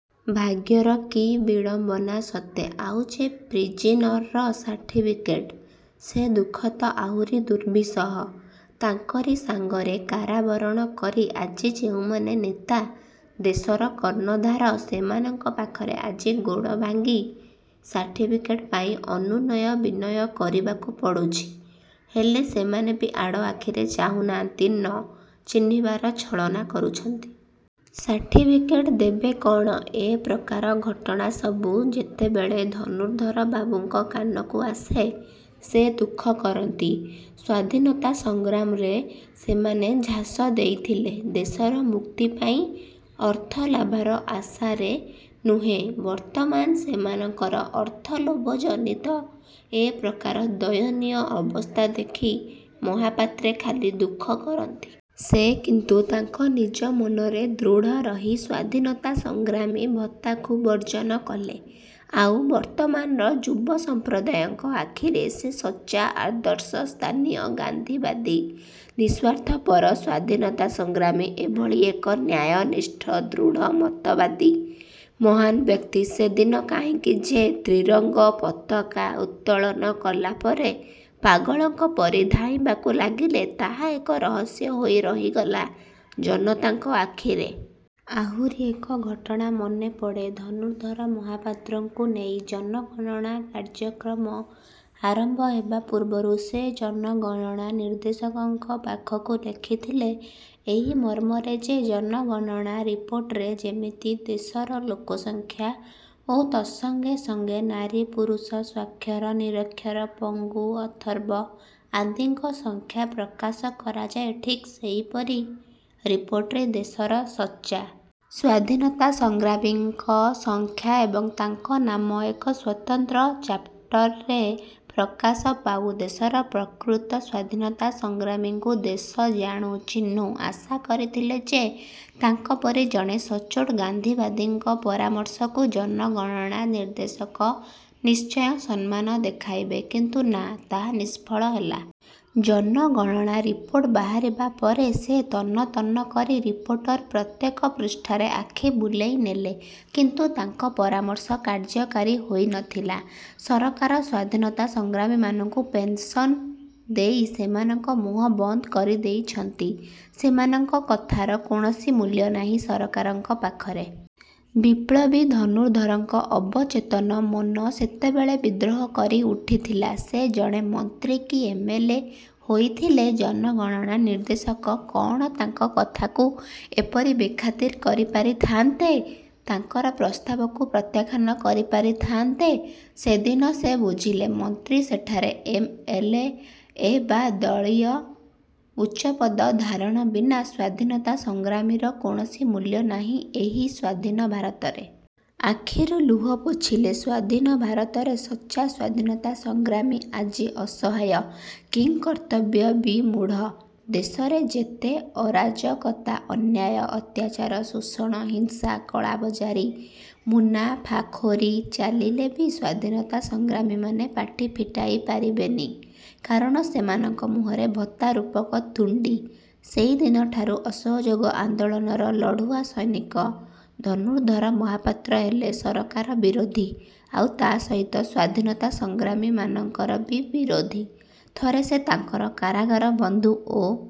ଭାଗ୍ୟର କି ବିଡ଼ମ୍ବନା ସତେ! ଆଉ ଯେ ପ୍ରିଜିନର ସାର୍ଟିଫିକେଟ? ସେ ଦୁଃଖ ତ ଆହୁରି ଦୁର୍ବିସହ। ତାଙ୍କରି ସାଙ୍ଗରେ କାରାବରଣ କରି ଆଜି ଯେଉଁମାନେ ନେତା, ଦେଶର କର୍ଣ୍ଣଧାର ସେମାନଙ୍କ ପାଖରେ ଆଜି ଗୋଡ଼ ଭାଙ୍ଗି ସାର୍ଟିଫିକେଟ ପାଇଁ ଅନୁନୟ ବିନୟ କରିବାକୁ ପଡ଼ୁଛି ହେଲେ ସେମାନେ ବି ଆଡ଼ଆଖିରେ ଚାହୁଁନାହାନ୍ତି-ନ ଚିହ୍ନିବାର ଛଳନା କରୁଛନ୍ତି। ସାର୍ଟିଫିକେଟ୍ ଦେବେ କ'ଣ? ଏ ପ୍ରକାର ଘଟଣା ସବୁ ଯେତେବେଳେ ଧନୁର୍ଦ୍ଧରବାବୁଙ୍କ କାନକୁ ଆସେ ସେ ଦୁଃଖ କରନ୍ତି। ସ୍ୱାଧୀନତା ସଂଗ୍ରାମରେ ସେମାନେ ଝାସ ଦେଇଥିଲେ ଦେଶର ମୁକ୍ତି ପାଇଁ, ଅର୍ଥ ଲାଭର ଆଶାରେ ନୁହେଁ। ବର୍ତ୍ତମାନ ସେମାନଙ୍କର ଅର୍ଥଲୋଭଜନିତ ଏ ପ୍ରକାର ଦୟନୀୟ ଅବସ୍ଥା ଦେଖି ମହାପାତ୍ରେ ଖାଲି ଦୁଃଖ କରନ୍ତି। ସେ କିନ୍ତୁ ତାଙ୍କ ନିଜ ମତରେ ଦୃଢ଼ ରହି ସ୍ୱାଧୀନତା ସଂଗ୍ରାମୀ ଭତ୍ତାକୁ ବର୍ଜନ କଲେ, ଆଉ ବର୍ତ୍ତମାନର ଯୁବସଂପ୍ରଦାୟଙ୍କ ଆଖିରେ ସେ ସଚ୍ଚା ଆଦର୍ଶସ୍ଥାନୀୟ ଗାନ୍ଧୀବାଦୀ ନିଃସ୍ୱାର୍ଥପର ସ୍ୱାଧୀନତା ସଂଗ୍ରାମୀ। ଏ ଭଳି ଏକ ନ୍ୟାୟନିଷ୍ଠ, ଦୃଢ଼ ମତବାଦୀ ମହାନ ବ୍ୟକ୍ତି ସେଦିନ କାହିଁକି ଯେ ତ୍ରିରଙ୍ଗ ପତାକା ଉତ୍ତୋଳନ କଲାପରେ ପାଗଳଙ୍କ ପରି ଧାଇଁବାକୁ ଲାଗିଲେ ତାହା ଏକ ରହସ୍ୟ ହୋଇ ରହିଗଲା ଜନତାଙ୍କ ଆଖିରେ। ଆହୁରି ଏକ ଘଟଣା ମନେପଡ଼େ ଧନୁର୍ଦ୍ଧର ମହାପାତ୍ରଙ୍କୁ ନେଇ। ଜନଗଣନା କାର୍ଯ୍ୟକ୍ରମ ଆରମ୍ଭ ହେବାପୂର୍ବରୁ ସେ ଜନଗଣନା ନିର୍ଦ୍ଦେଶକଙ୍କ ପାଖକୁ ଲେଖିଥିଲେ ଏଇ ମର୍ମରେ ଯେ, ଜନଗଣନା ରିପୋର୍ଟରେ ଯେମିତି ଦେଶର ଲୋକସଂଖ୍ୟା ଓ ତତ୍ସଙ୍ଗେ ସଙ୍ଗେ ନାରୀ ପୁରୁଷ, ସ୍ଵାକ୍ଷର, ନିରକ୍ଷର, ପଙ୍ଗୁ ଅଥର୍ବ ଆଦିଙ୍କ ସଂଖ୍ୟା ପ୍ରକାଶ କରାଯାଏ ଠିକ୍ ସେଇପରି ରିପୋର୍ଟରେ ଦେଶର ସଚ୍ଚା। ସ୍ୱାଧୀନତା ସଂଗ୍ରାମୀଙ୍କ ସଂଖ୍ୟା ଏବଂ ତାଙ୍କ ନାମ ଏକ ସ୍ୱତନ୍ତ୍ର ଚାପ୍ଟରରେ ପ୍ରକାଶ ପାଉ। ଦେଶର ପ୍ରକୃତ ସ୍ଵାଧୀନତା ସଂଗ୍ରାମୀମାନଙ୍କୁ ଦେଶ ଜାଣୁ, ଚିହ୍ନୁ। ଆଶା କରିଥିଲେ ଯେ, ତାଙ୍କପରି ଜଣେ ସଚ୍ଚୋଟ ଗାନ୍ଧୀବାଦୀଙ୍କ ପରାମର୍ଶକୁ ଜନଗଣନା ନିର୍ଦ୍ଦେଶକ ନିଶ୍ଚୟ ସମ୍ମାନ ଦେଖାଇବେ; କିନ୍ତୁ ନା, ତାହା ନିଷ୍ଫଳ ହେଲା। ଜନଗଣନା ରିପୋର୍ଟ ବାହାରିବା ପରେ ସେ ତନ୍ନ ତନ୍ନ କରି ରିପୋର୍ଟର ପ୍ରତ୍ୟେକ ପୃଷ୍ଠାରେ ଆଖି ବୁଲେଇ ନେଲେ; କିନ୍ତୁ ତାଙ୍କ ପରାମର୍ଶ କାର୍ଯ୍ୟକାରୀ ହୋଇ ନ ଥିଲା। ସରକାର ସ୍ୱାଧୀନତା ସଂଗ୍ରାମୀମାନଙ୍କୁ ପେନ୍ସନ ଦେଇ ସେମାନଙ୍କ ମୁହଁ ବନ୍ଦ କରି ଦେଇଛନ୍ତି, ସେମାନଙ୍କ କଥାର କୌଣସି ମୂଲ୍ୟ ନାହିଁ ସରକାରଙ୍କ ପାଖରେ। ବିପ୍ଳବୀ ଧନୁର୍ଦ୍ଧରଙ୍କ ଅବଚେତନ ମନ ସେତେବେଳେ ବିଦ୍ରୋହ କରି ଉଠିଥିଲା। ସେ ଜଣେ ମନ୍ତ୍ରୀ କି ଏମ୍. ଏଲ. ଏ ହୋଇଥିଲେ ଜନଗଣନା ନିର୍ଦ୍ଦେଶକ କ'ଣ ତାଙ୍କ କଥାକୁ ଏପରି ବେଖାତିର କରି ପାରିଥାନ୍ତେ? ତାଙ୍କର ପ୍ରସ୍ତାବକୁ ପ୍ରତ୍ୟାଖ୍ୟାନ କରି ପାରିଥାନ୍ତେ? ସେଦିନ ସେ ବୁଝିଲେ ମନ୍ତ୍ରୀ, ସେଠାରେ ଏମ: ଏଲ: ଏ: ବା ଦଳୀୟ ଉଚ୍ଚପଦ ଧାରଣ ବିନା ସ୍ୱାଧୀନତା ସଂଗ୍ରାମୀର କୌଣସି ମୂଲ୍ୟ ନାହିଁ ଏହି ସ୍ଵାଧୀନ ଭାରତରେ। ଆଖିରୁ ଲୁହ ପୋଛିଲେ। ସ୍ଵାଧୀନ ଭାରତରେ ସଚ୍ଚା ସ୍ଵାଧୀନତା ସଂଗ୍ରାମୀ ଆଜି ଅସହାୟ, କିଂକର୍ତ୍ତବ୍ୟବିମୂଢ଼। ଦେଶରେ ଯେତେ ଅରାଜକତା, ଅନ୍ୟାୟ, ଅତ୍ୟାଚାର, ଶୋଷଣ, ହିଂସା, କଳାବଜାରୀ, ମୁନାଫାଖୋରୀ ଚାଲିଲେ ବି ସ୍ଵାଧୀନତା ସଂଗ୍ରାମୀମାନେ ପାଟି ଫିଟାଇ ପାରିବେନି; କାରଣ ସେମାନଙ୍କ ମୁହଁରେ ଭତ୍ତାରୂପକ ତୁଣ୍ଡି। ସେଇଦିନଠାରୁ ଅସହଯୋଗ ଆନ୍ଦୋଳନର ଲଢ଼ୁଆ ସୈନିକ ଧନୁର୍ଦ୍ଧର ମହାପାତ୍ର ହେଲେ ସରକାର ବିରୋଧୀ ଆଉ ତା' ସହିତ ସ୍ୱାଧୀନତା ସଂଗ୍ରାମୀମାନଙ୍କର ବି ବିରୋଧୀ। ଥରେ ସେ ତାଙ୍କର କାରାଗାର ବନ୍ଧୁ ଓ